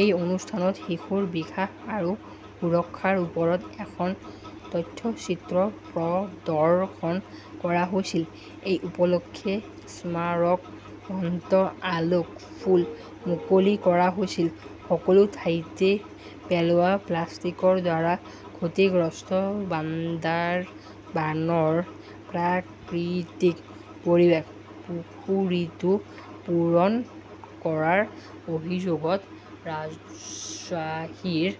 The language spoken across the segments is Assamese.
এই অনুষ্ঠানত শিশুৰ বিকাশ আৰু সুৰক্ষাৰ ওপৰত এখন তথ্যচিত্ৰ প্ৰদৰ্শন কৰা হৈছিল। এই উপলক্ষে স্মাৰক গ্ৰন্থ আলোক ফুল মুকলি কৰা হৈছিল। সকলো ঠাইতে পেলোৱা প্লাষ্টিকৰ দ্বাৰা ক্ষতিগ্ৰস্ত বান্দাৰবানৰ প্ৰাকৃতিক পৰিৱেশ। পুখুৰীটো পূৰণ কৰাৰ অভিযোগত ৰাজশ্বাহীৰ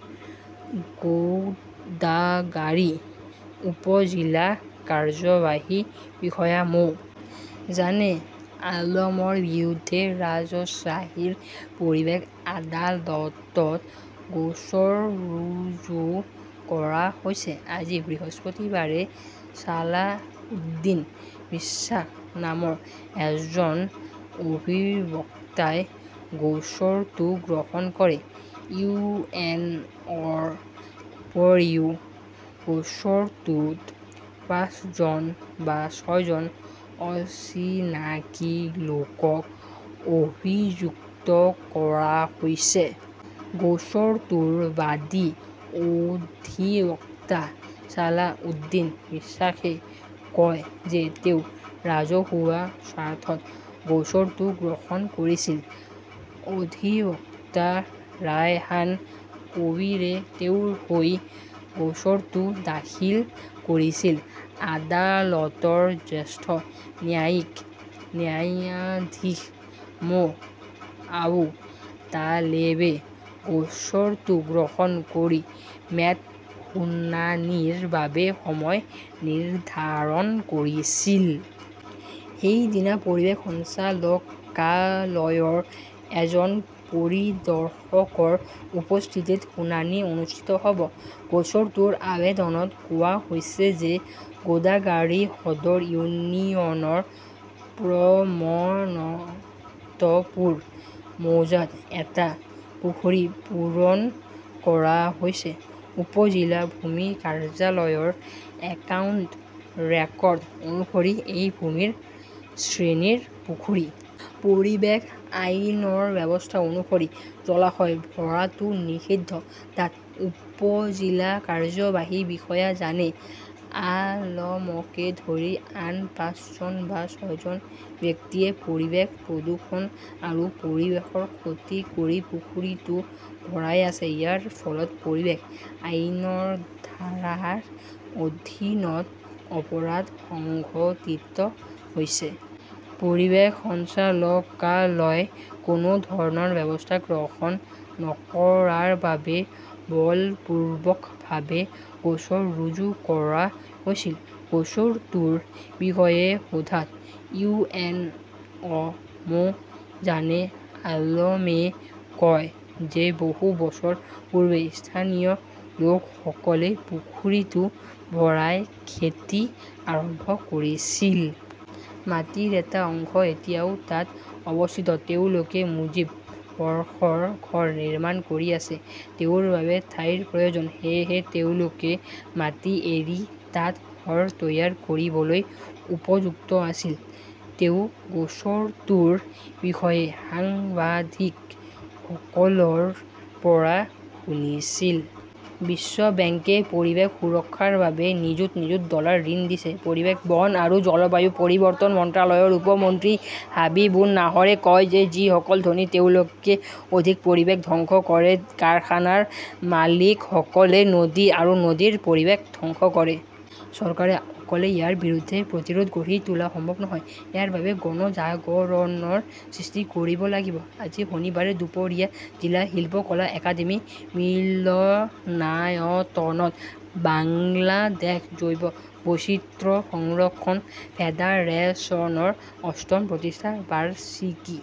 গোদাগাৰী উপ-জিলা কাৰ্যবাহী বিষয়া মো. জানে আলমৰ বিৰুদ্ধে ৰাজশ্বাহীৰ পৰিৱেশ আদালতত গোচৰ ৰুজু কৰা হৈছে। আজি বৃহস্পতিবাৰে ছালাহ উদ্দীন বিশ্বাস নামৰ এজন অধিবক্তাই গোচৰটো গ্ৰহণ কৰে। ইউ. এন. অ'. -ৰ উপৰিও গোচৰটোত পাঁচজন বা ছয়জন অচিনাকি লোকক অভিযুক্ত কৰা হৈছে। গোচৰটোৰ বাদী অধিবক্তা ছালাহ উদ্দীন বিশ্বাসে কয় যে তেওঁ ৰাজহুৱা স্বাৰ্থত গোচৰটো গ্ৰহণ কৰিছিল। অধিবক্তা ৰায়হান কবীৰে তেওঁৰ হৈ গোচৰটো দাখিল কৰিছিল। আদালতৰ জ্যেষ্ঠ ন্যায়িক ন্যায়াধীশ মো. আবু তালেবে গোচৰটো গ্ৰহণ কৰি মে'ত শুনানিৰ বাবে সময় নিৰ্ধাৰণ কৰিছিল। সেইদিনা পৰিৱেশ সঞ্চালকালয়ৰ এজন পৰিদৰ্শকৰ উপস্থিতিত শুনানি অনুষ্ঠিত হ'ব। গোচৰটোৰ আৱেদনত কোৱা হৈছে যে গোদাগাৰী সদৰ ইউনিয়নৰ প্ৰমনন্তপুৰ মৌজাত এটা পুখুৰী পূৰণ কৰা হৈছে। উপ-জিলা ভূমি কাৰ্যালয়ৰ একাউণ্ট ৰেকৰ্ড অনুসৰি, এই ভূমিৰ শ্ৰেণীৰ পুখুৰী। পৰিৱেশ আইনৰ ব্যৱস্থা অনুসৰি জলাশয় ভৰাটো নিষিদ্ধ। তাত উপ-জিলা কাৰ্যবাহী বিষয়া জানে আলমকে ধৰি আন পাঁচজন বা ছয়জন ব্যক্তিয়ে পৰিৱেশ প্ৰদূষণ আৰু পৰিৱেশৰ ক্ষতি কৰি পুখুৰীটো ভৰাই আছে। ইয়াৰ ফলত পৰিৱেশ আইনৰ ধাৰাৰ অধীনত অপৰাধ সংঘটিত হৈছে। পৰিৱেশ সঞ্চালকালয়ই কোনো ধৰণৰ ব্যৱস্থা গ্ৰহণ নকৰাৰ বাবে বলপূৰ্বকভাৱে গোচৰ ৰুজু কৰা হৈছিল। গোচৰটোৰ বিষয়ে সোধাত ইউ. এন. অ'. মো. জানে আলমে কয় যে বহু বছৰ পূৰ্বে স্থানীয় লোকসকলে পুখুৰীটো ভৰাই খেতি আৰম্ভ কৰিছিল। মাটিৰ এটা অংশ এতিয়াও তাত অৱস্থিত। তেওঁলোকে মুজীব বৰ্ষৰ ঘৰ নিৰ্মাণ কৰি আছে। তেওঁৰ বাবে ঠাইৰ প্ৰয়োজন। সেয়েহে তেওঁলোকে মাটি এৰি তাত ঘৰ তৈয়াৰ কৰিবলৈ উপযুক্ত আছিল। তেওঁ গোচৰটোৰ বিষয়ে সাংবাদিকসকলৰ পৰা শুনিছিল। বিশ্ব বেংকে পৰিৱেশ সুৰক্ষাৰ বাবে নিযুত নিযুত ডলাৰ ঋণ দিছে। পৰিৱেশ, বন আৰু জলবায়ু পৰিৱৰ্তন মন্ত্ৰালয়ৰ উপ মন্ত্ৰী হাবিবুন নাহৰে কয় যে যিসকল ধনী তেওঁলোকে অধিক পৰিৱেশ ধ্বংস কৰে। কাৰখানাৰ মালিকসকলে নদী আৰু নদীৰ পৰিৱেশ ধ্বংস কৰে। চৰকাৰে অকলে ইয়াৰ বিৰুদ্ধে প্ৰতিৰোধ গঢ়ি তোলা সম্ভৱ নহয়। ইয়াৰ বাবে গণজাগৰণৰ সৃষ্টি কৰিব লাগিব। আজি শনিবাৰে দুপৰীয়া জিলা শিল্পকলা একাডেমী মিলনায়তনত বাংলাদেশ জৈৱ বৈচিত্ৰ্য সংৰক্ষণ ফেডাৰেচনৰ অষ্টম প্ৰতিষ্ঠা বাৰ্ষিকী।